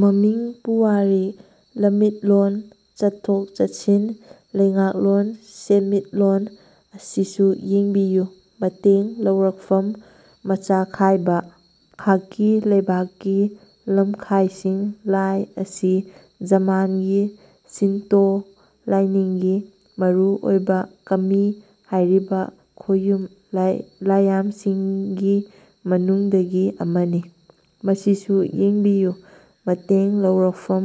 ꯃꯃꯤꯡ ꯄꯨꯋꯥꯔꯤ ꯂꯝꯃꯤꯠꯂꯣꯟ ꯆꯠꯊꯣꯛ-ꯆꯠꯁꯤꯟ ꯂꯩꯉꯥꯛꯂꯣꯟ ꯁꯦꯟꯃꯤꯠꯂꯣꯟ ꯃꯁꯤꯁꯨ ꯌꯦꯡꯕꯤꯌꯨ ꯃꯇꯦꯡ ꯂꯧꯔꯛꯐꯝ ꯃꯆꯥꯈꯥꯏꯕ:ꯈꯥꯀꯤ ꯂꯩꯕꯥꯛꯀꯤ ꯂꯝꯈꯥꯢꯁꯤꯡ ꯂꯥꯢ ꯑꯁꯤ ꯖꯄꯥꯟꯒꯤ ꯁꯤꯟꯇꯣ ꯂꯥꯢꯅꯤꯡꯒꯤ ꯃꯔꯨ ꯑꯣꯢꯕ ꯀꯃꯤ ꯍꯥꯢꯔꯤꯕ ꯈꯣꯌꯨꯝ ꯂꯥꯢꯌꯥꯝꯁꯤꯡꯒꯤ ꯃꯅꯨꯡꯗꯒꯤ ꯑꯃꯅꯤ꯫ ꯃꯁꯤꯁꯨ ꯌꯦꯡꯕꯤꯌꯨ ꯃꯇꯦꯡ ꯂꯧꯔꯛꯐꯝ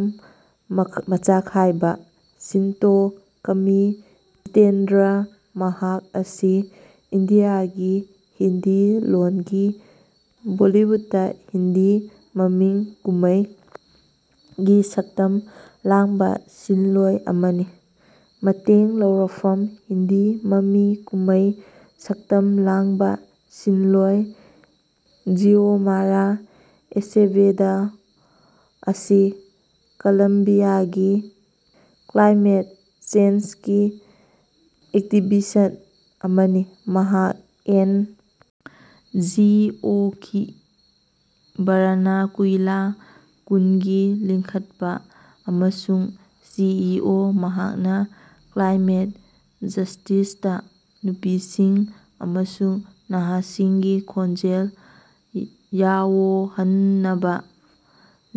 ꯃꯆꯥꯈꯥꯏꯕ:ꯁꯤꯟꯇꯣ ꯀꯃꯤ ꯖꯤꯇꯦꯟꯗ꯭ꯔ ꯃꯍꯥꯛ ꯑꯁꯤ ꯏꯟꯗꯤꯌꯥꯒꯤ ꯍꯤꯟꯗꯤ ꯂꯣꯟꯒꯤ ꯕꯣꯜꯂꯤꯋꯨꯗ (ꯍꯤꯟꯗꯤ ꯃꯃꯤ ꯀꯨꯝꯃꯩ)ꯒꯤ ꯁꯛꯇꯝ ꯂꯥꯡꯕ ꯁꯤꯟꯂꯣꯢ ꯑꯃꯅꯤ꯫ ꯃꯇꯦꯡ ꯂꯧꯔꯛꯐꯝ:ꯍꯤꯟꯗꯤ ꯃꯃꯤ ꯀꯨꯝꯃꯩ ꯁꯛꯇꯝ ꯂꯥꯡꯕ ꯁꯤꯟꯂꯣꯢ ꯖꯤꯑꯣꯃꯥꯔꯥ ꯑꯦꯁꯦꯚꯦꯗꯣ ꯑꯁꯤ ꯀꯂꯝꯕꯤꯌꯥꯒꯤ ꯀ꯭ꯂꯥꯏꯃꯦꯠ ꯆꯦꯟꯖꯒꯤ ꯑꯦꯛꯇꯤꯕꯤꯁ꯭ꯠ ꯑꯃꯅꯤ꯫ ꯃꯍꯥꯛ ꯑꯦꯟ. ꯖꯤ. ꯑꯣ. ꯒꯤ ꯕꯥꯔꯥꯅꯀꯨꯏꯂꯥ ꯀꯨꯟꯒꯤ ꯂꯤꯡꯈꯠꯄ ꯑꯃꯁꯨꯡ ꯁꯤ. ꯏ. ꯑꯣ. ꯃꯍꯥꯛꯅ ꯀ꯭ꯂꯥꯏꯃꯦꯠ ꯖꯁ꯭ꯇꯤꯁꯇ ꯅꯨꯄꯤꯁꯤꯡ ꯑꯃꯁꯨꯡ ꯅꯍꯥꯁꯤꯡꯒꯤ ꯈꯣꯟꯖꯦꯜ ꯌꯥꯑꯣꯍꯟꯅꯕ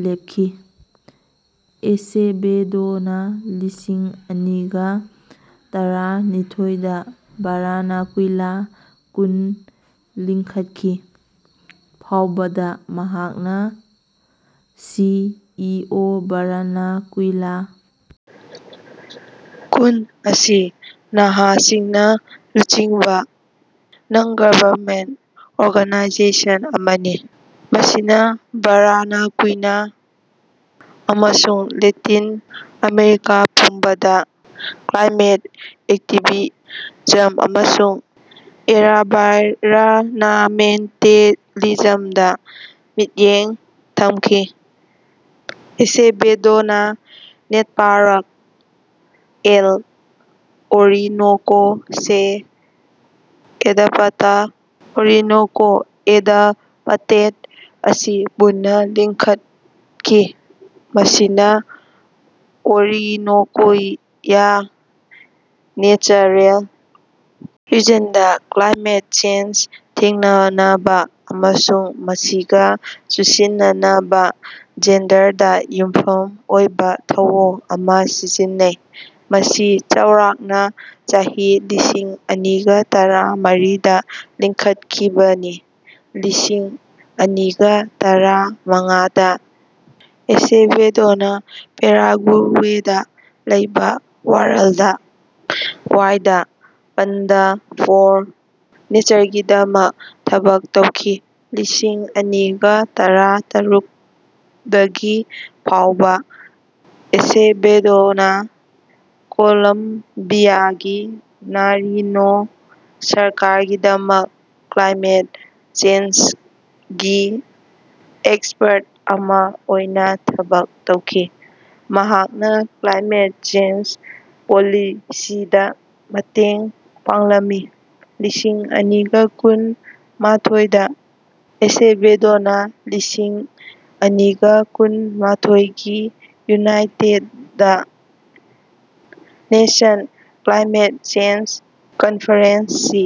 ꯂꯦꯄꯈꯤ꯫ ꯑꯦꯁꯦꯚꯦꯗꯣꯅꯥ ꯂꯤꯁꯤꯡ ꯑꯅꯤꯒ ꯇꯔꯥ ꯅꯤꯊꯣꯏꯗ ꯕꯥꯔꯥꯅꯀꯨꯏꯂꯥ ꯀꯨꯟ ꯂꯤꯡꯈꯠꯈꯤ, ꯐꯥꯎꯕꯗ ꯃꯍꯥꯛꯅ ꯁꯤ. ꯏ. ꯑꯣ. ꯕꯥꯔꯥꯅꯀꯨꯏꯂꯥ ꯀꯨꯟ ꯑꯁꯤ ꯅꯍꯥꯁꯤꯡꯅ ꯂꯨꯆꯤꯡꯕ ꯅꯟ-ꯒꯕꯔꯅꯃꯦꯟꯠ ꯑꯣꯔꯒꯅꯥꯏꯖꯦꯁꯟ ꯑꯃꯅꯤ꯫ ꯃꯁꯤꯅ ꯕꯥꯔꯥꯅꯀꯨꯏꯂ ꯑꯃꯁꯨꯡ ꯂꯦꯇꯤꯟ ꯑꯃꯦꯔꯤꯀ ꯄꯨꯝꯕꯗ ꯀ꯭ꯂꯥꯏꯃꯦꯠ ꯑꯦꯛꯇꯤꯕꯤꯖꯃ ꯑꯃꯁꯨꯡ ꯑꯦꯅꯚꯥꯏꯔꯅꯃꯦꯟꯇꯦꯂꯤꯖꯃꯗ ꯃꯤꯠꯌꯦꯡ ꯊꯃꯈꯤ꯫ ꯑꯦꯁꯦꯚꯦꯗꯣꯅꯥ ꯅꯦꯠꯋꯥꯔꯛ "ꯑꯦꯜ ꯑꯣꯔꯤꯅꯣꯀꯣ ꯁꯦ ꯑꯦꯗꯄꯇ" (ꯑꯣꯔꯤꯅꯣꯀꯣ ꯑꯦꯗꯞꯇꯦꯠ) ꯑꯁꯤ ꯄꯨꯟꯅ ꯂꯤꯡꯈꯠꯈꯤ꯫ ꯃꯁꯤꯅ ꯑꯣꯔꯤꯅꯣꯀꯤꯌꯥ ꯅꯦꯆꯔꯦꯜ ꯔꯤꯖꯟꯗ ꯀ꯭ꯂꯥꯏꯃꯦꯠ ꯆꯦꯟꯖ ꯊꯦꯡꯅꯅꯕ ꯑꯃꯁꯨꯡ ꯃꯁꯤꯒ ꯆꯨꯁꯤꯟꯅꯅꯕ ꯖꯦꯟꯗꯔꯗ ꯌꯨꯝꯐꯝ ꯑꯣꯏꯕ ꯊꯧꯑꯣꯡ ꯑꯃ ꯁꯤꯖꯤꯟꯅꯩ꯫ ꯃꯁꯤ ꯆꯥꯎꯔꯥꯛꯅ ꯆꯍꯤ ꯂꯤꯁꯤꯡ ꯑꯅꯤꯒ ꯇꯔꯥ ꯃꯔꯤꯗ ꯂꯤꯡꯈꯠꯈꯤꯕꯅꯤ, ꯂꯤꯁꯤꯡ ꯑꯅꯤꯒ ꯇꯔꯥ ꯃꯉꯥꯗ ꯑꯦꯁꯦꯚꯦꯗꯣꯅ ꯄꯦꯔꯥꯒꯨꯋꯦꯗ ꯂꯩꯕ ꯋꯥꯔꯜꯗ ꯋꯥꯏꯗ ꯐꯟꯗ ꯐꯣꯔ ꯅꯦꯆꯔꯒꯤꯗꯃꯛ ꯊꯕꯛ ꯇꯧꯈꯤ꯫ ꯂꯤꯁꯤꯡ ꯑꯅꯤꯒ ꯇꯔꯥ ꯇꯔꯨꯛꯗꯒꯤ ꯐꯥꯎꯕ ꯑꯦꯁꯦꯚꯦꯗꯣꯅ ꯀꯣꯂꯝꯕꯤꯌꯥꯒꯤ ꯅꯥꯔꯤꯅꯣ ꯁꯔꯀꯥꯔꯒꯤꯗꯃꯛ ꯀ꯭ꯂꯥꯏꯃꯦꯠ ꯆꯦꯟꯖꯒꯤ ꯑꯦꯛꯁꯄꯔꯠ ꯑꯃ ꯑꯣꯏꯅ ꯊꯕꯛ ꯇꯧꯈꯤ꯫ ꯃꯍꯥꯛꯅ ꯀ꯭ꯂꯥꯏꯃꯦꯠ ꯆꯦꯟꯖ ꯄꯣꯂꯤꯁꯤꯗ ꯃꯇꯦꯡ ꯄꯥꯡꯂꯝꯃꯤ꯫ ꯂꯤꯁꯤꯡ ꯑꯅꯤꯒ ꯀꯨꯟ ꯃꯥꯊꯣꯏ ꯗ ꯑꯦꯁꯦꯚꯦꯗꯣꯅꯥ ꯂꯤꯁꯤꯡ ꯑꯅꯤꯒ ꯀꯨꯟ ꯃꯥꯊꯣꯏꯒꯤ united nations climate change conference (ꯁꯤ.